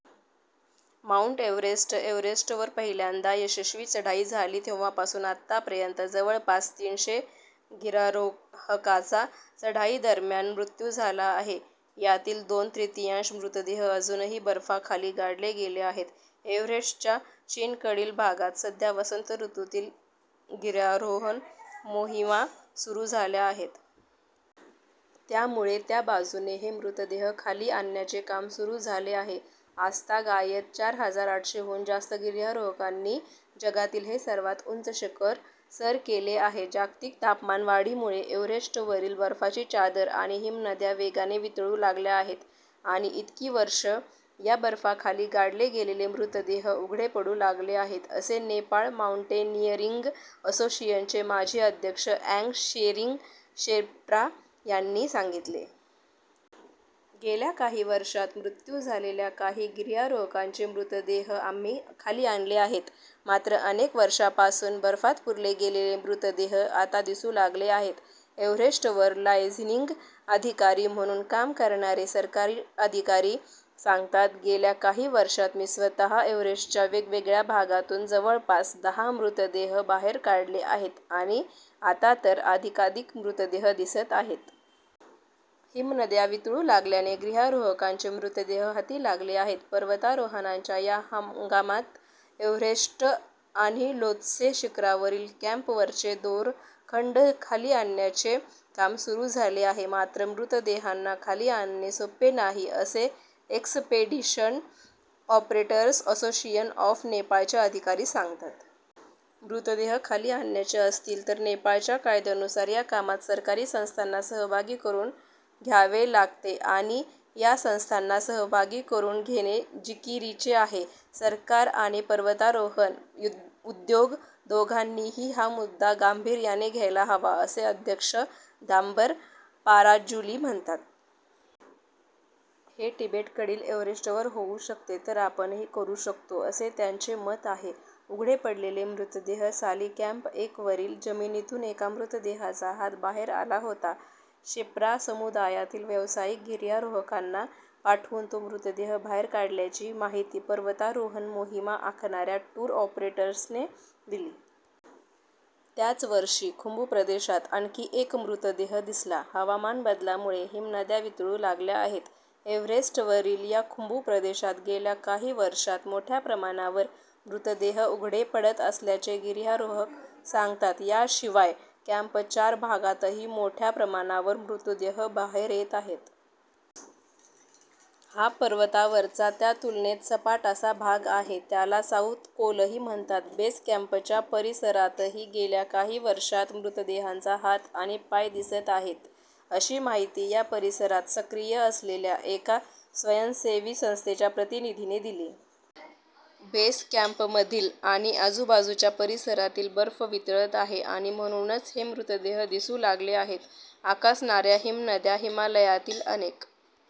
Mount Everest - एव्हरेस्टवर पहिल्यांदा यशस्वी चढाई झाली तेव्हापासून आतापर्यंत जवळपास तीनशे गिर्यारोहकांचा चढाईदरम्यान मृत्यू झाला आहे. यातील दोन तृतीयांश मृतदेह अजूनही बर्फाखाली गाडले गेले आहेत. एव्हरेस्टच्या चीनकडील भागात सध्या वसंत ऋतूतील गिर्यारोहण मोहिमा सुरू झाल्या आहेत. त्यामुळे त्या बाजूने हे मृतदेह खाली आणण्याचे काम सुरू झाले आहे. आजतागायत चार हजार आठशेहून जास्त गिर्यारोहकांनी जगातील हे सर्वात उंच शिखर सर केले आहे. "जागतिक तापमानवाढीमुळे एव्हरेस्टवरील बर्फाची चादर आणि हिमनद्या वेगाने वितळू लागल्या आहेत आणि इतकी वर्षे या बर्फाखाली गाडले गेलेले मृतदेह उघडे पडू लागले आहेत", असे नेपाळ माउंटेनिअरिंग असोसिएशनचे माजी अध्यक्ष अँग शेरिंग शेर्पा यांनी सांगितले. "गेल्या काही वर्षांत मृत्यू झालेल्या काही गिर्यारोहकांचे मृतदेह आम्ही खाली आणले आहेत. मात्र अनेक वर्षांपासून बर्फात पुरले गेलेले मृतदेह आता दिसू लागले आहेत." एव्हरेस्टवर लायझनिंग अधिकारी म्हणून काम करणारे सरकारी अधिकारी सांगतात, "गेल्या काही वर्षांत मी स्वतः एव्हरेस्टच्या वेगवेगळ्या भागांतून जवळपास दहा मृतदेह बाहेर काढले आहेत आणि आता तर अधिकाधिक मृतदेह दिसत आहेत." हिमनद्या वितळू लागल्याने गिर्यारोहकांचे मृतदेह हाती लागले आहेत. पर्वतारोहणाच्या या हंगामात एव्हरेस्ट आणि ल्होत्से शिखरावरील कॅम्पवरचे दोरखंड खाली आणण्याचे काम सुरू झाले आहे. मात्र मृतदेहांना खाली आणणे सोपे नाही, असे एक्सपेडिशन ऑपरेटर्स असोसिएशन ऑफ नेपाळचे अधिकारी सांगतात. मृतदेह खाली आणायचे असतील तर नेपाळच्या कायद्यानुसार या कामात सरकारी संस्थांना सहभागी करून घ्यावे लागते आणि या संस्थांना सहभागी करून घेणे जिकिरीचे आहे. "सरकार आणि पर्वतारोहण उद्योग दोघांनीही हा मुद्दा गांभीर्याने घ्यायला हवा", असे अध्यक्ष दाम्बर पाराज्युली म्हणतात. "हे तिबेटकडील एव्हरेस्टवर होऊ शकते तर आपणही करू शकतो", असे त्यांचे मत आहे. उघडे पडलेले मृतदेह - साली कॅम्प एकवरील जमिनीतून एका मृतदेहाचा हात बाहेर आला होता. शेर्पा समुदायातील व्यावसायिक गिर्यारोहकांना पाठवून तो मृतदेह बाहेर काढल्याची माहिती पर्वतारोहण मोहिमा आखणाऱ्या टूर ऑपरेटर्सने दिली. त्याच वर्षी खुंबू प्रदेशात आणखी एक मृतदेह दिसला. हवामान बदलामुळे हिमनद्या वितळू लागल्या आहेत. एव्हरेस्टवरील या खुंबू प्रदेशात गेल्या काही वर्षांत मोठ्या प्रमाणावर मृतदेह उघडे पडत असल्याचे गिर्यारोहक सांगतात. याशिवाय कॅम्प चार भागातही मोठ्या प्रमाणावर मृतदेह बाहेर येत आहेत. हा पर्वतावरचा त्या तुलनेत सपाट असा भाग आहे. त्याला साऊथ कोलही म्हणतात. "बेस कॅम्पच्या परिसरातही गेल्या काही वर्षांत मृतदेहांचे हात आणि पाय दिसत आहेत", अशी माहिती या परिसरात सक्रिय असलेल्या एका स्वयंसेवी संस्थेच्या प्रतिनिधीने दिली. "बेस कॅम्पमधील आणि आजूबाजूच्या परिसरातील बर्फ वितळत आहे आणि म्हणूनच हे मृतदेह दिसू लागले आहेत." आकसणाऱ्या हिमनद्या - हिमालयातील अनेक